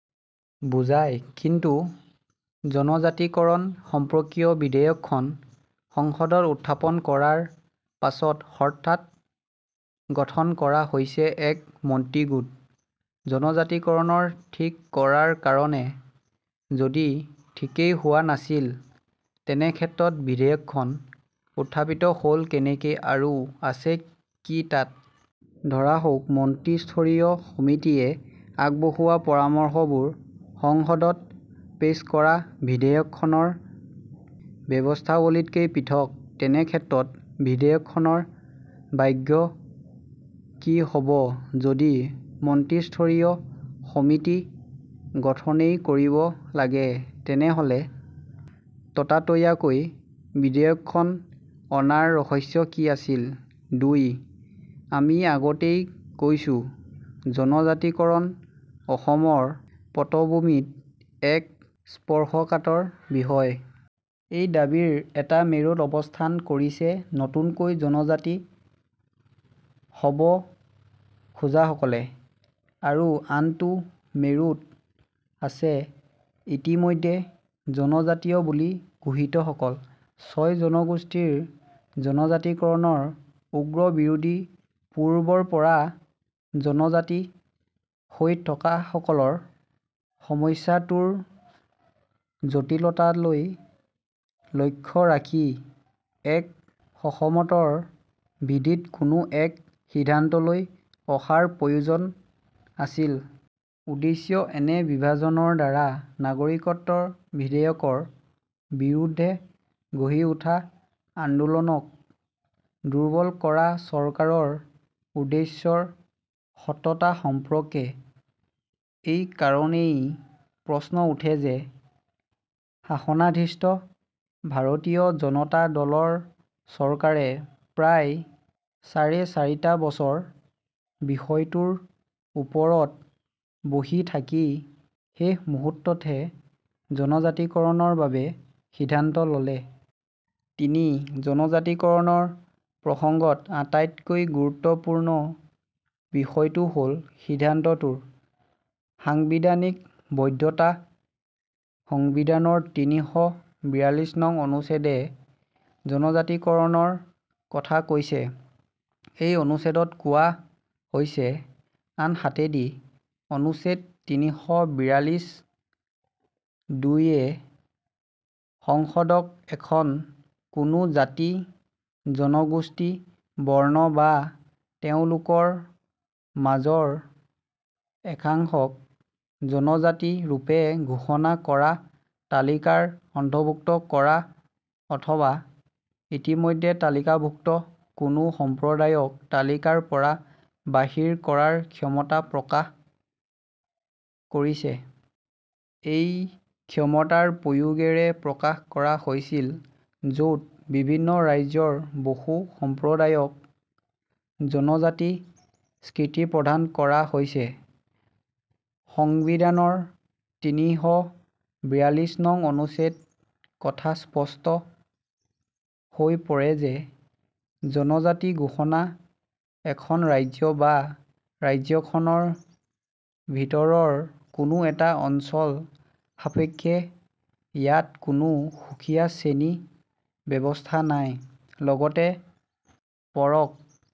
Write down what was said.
বুজায় কিন্তু জনজাতিকৰণ সম্পৰ্কীয় বিধেয়কখন সংসদত উত্থাপন কৰাৰ পাছত হঠাৎ গঠন কৰা হৈছে এক মন্ত্ৰী গোট ।জনজাতিকৰণৰ ঠিক কৰাৰ কাৰণে যদি ঠিকেই হোৱা নাছিল তেনেক্ষেত্ৰত বিধেয়কখন উত্থাপিত হল কেনেকৈ আৰু আছে কি তাত! ধৰা হওক মন্ত্ৰীস্তৰীয় সমিতিয়ে আগবঢ়োৱা পৰামৰ্শবোৰ সংসদত পেচ কৰা বিধেয়কখনৰ ব্যৱস্থাৱলীতকৈ পৃথক, তেনেক্ষেত্ৰত বিধেয়কখনৰ ভাগ্য কি হব যদি মন্ত্ৰীস্তৰীয় সমিতি গঠনেই কৰিব লাগে। তেনেহলে ততাতৈয়াকৈ বিধেয়কখন অনাৰ ৰহস্য কি আছিল? দুই - আমি আগতেই কৈছোঁ জনজাতিকৰণ অসমৰ পটভূমিত এক স্পৰ্শকাতৰ বিষয়। এই দাবীৰ এটা মেৰুত অৱস্থান কৰিছে, নতুনকৈ জনজাতি হব খোজাসকলে আৰু আনটো মেৰুত আছে ইতিমধ্যেই জনজাতীয় বুলি ঘোষিতসকল। ছয় জনগোষ্ঠীৰ জনজাতিকৰণৰ উগ্ৰ বিৰোধী পূৰ্বৰ পৰা জনজাতি হৈ থকাসকলৰ সমস্যাটোৰ জটিলতালৈ লক্ষ্য ৰাখি এক সহমতৰ ভিত্তিত কোনো এক সিদ্ধান্তলৈ অহাৰ প্ৰয়োজন আছিল। উদ্দেশ্য এনে বিভাজনৰ দ্বাৰা নাগৰিকত্ব বিধেয়কৰ বিৰুদ্ধে গঢ়ি উঠা আন্দোলনক দুৰ্বল কৰা চৰকাৰৰ উদ্দেশ্যৰ সততা সম্পৰ্কে এই কাৰণেই প্ৰশ্ন উঠে যে শাসনাধিষ্ঠ ভাৰতীয় জনতা দলৰ চৰকাৰে প্ৰায় চাৰে চাৰিটা বছৰ বিষয়টোৰ ওপৰত বহি থাকি শেষমুহূৰ্ততহে জনজাতিকৰণৰ বাবে সিদ্ধান্ত ল'লে। তিনি - জনজাতিকৰণৰ প্ৰসংগত আটাইতকৈ গুৰুত্বপূৰ্ণ বিষয়টো হল সিদ্ধান্তটোৰ ।সাংবিধানিক বৈধতা সংবিধানৰ তিনিশ বিয়াল্লিছৰ নং অনুচ্ছেদে জনজাতিকৰণৰ কথা কৈছে । এই অনুচ্ছেদত কোৱা হৈছে আনহাতেদি অনুচ্ছেদ তিনিশ বিয়াল্লিছ দুই এ সংসদক এখন কোনো জাতি জনগোষ্ঠী বৰ্ণ বা তেওঁলোকৰ মাজৰ একাংশক জনজাতি ৰূপে ঘোষণা কৰা তালিকাৰ অন্তৰ্ভুক্ত কৰা অথবা ইতিমধ্যে তালিকাভুক্ত কোনো সম্প্ৰদায়ক তালিকাৰ পৰা বাহিৰ কৰাৰ ক্ষমতা প্ৰকাশ কৰিছে। এই ক্ষমতাৰ প্ৰয়োগেৰে প্ৰকাশ কৰা হৈছিল য'ত বিভিন্ন ৰাজ্যৰ বহু সম্প্ৰদায়ক জনজাতি স্বীকৃতি প্ৰদান কৰা হৈছে। সংবিধানৰ তিনিশ বিয়াল্লিছ নং কথা স্পষ্ট হৈ পৰে যে জনজাতি ঘোষণা এখন ৰাজ্য বা ৰাজ্যখনৰ ভিতৰৰ কোনো এটা অঞ্চল সাপেক্ষ ইয়াত কোনো সুকীয়া শ্ৰেণী ব্যৱস্থা নাই। লগতে পঢ়ক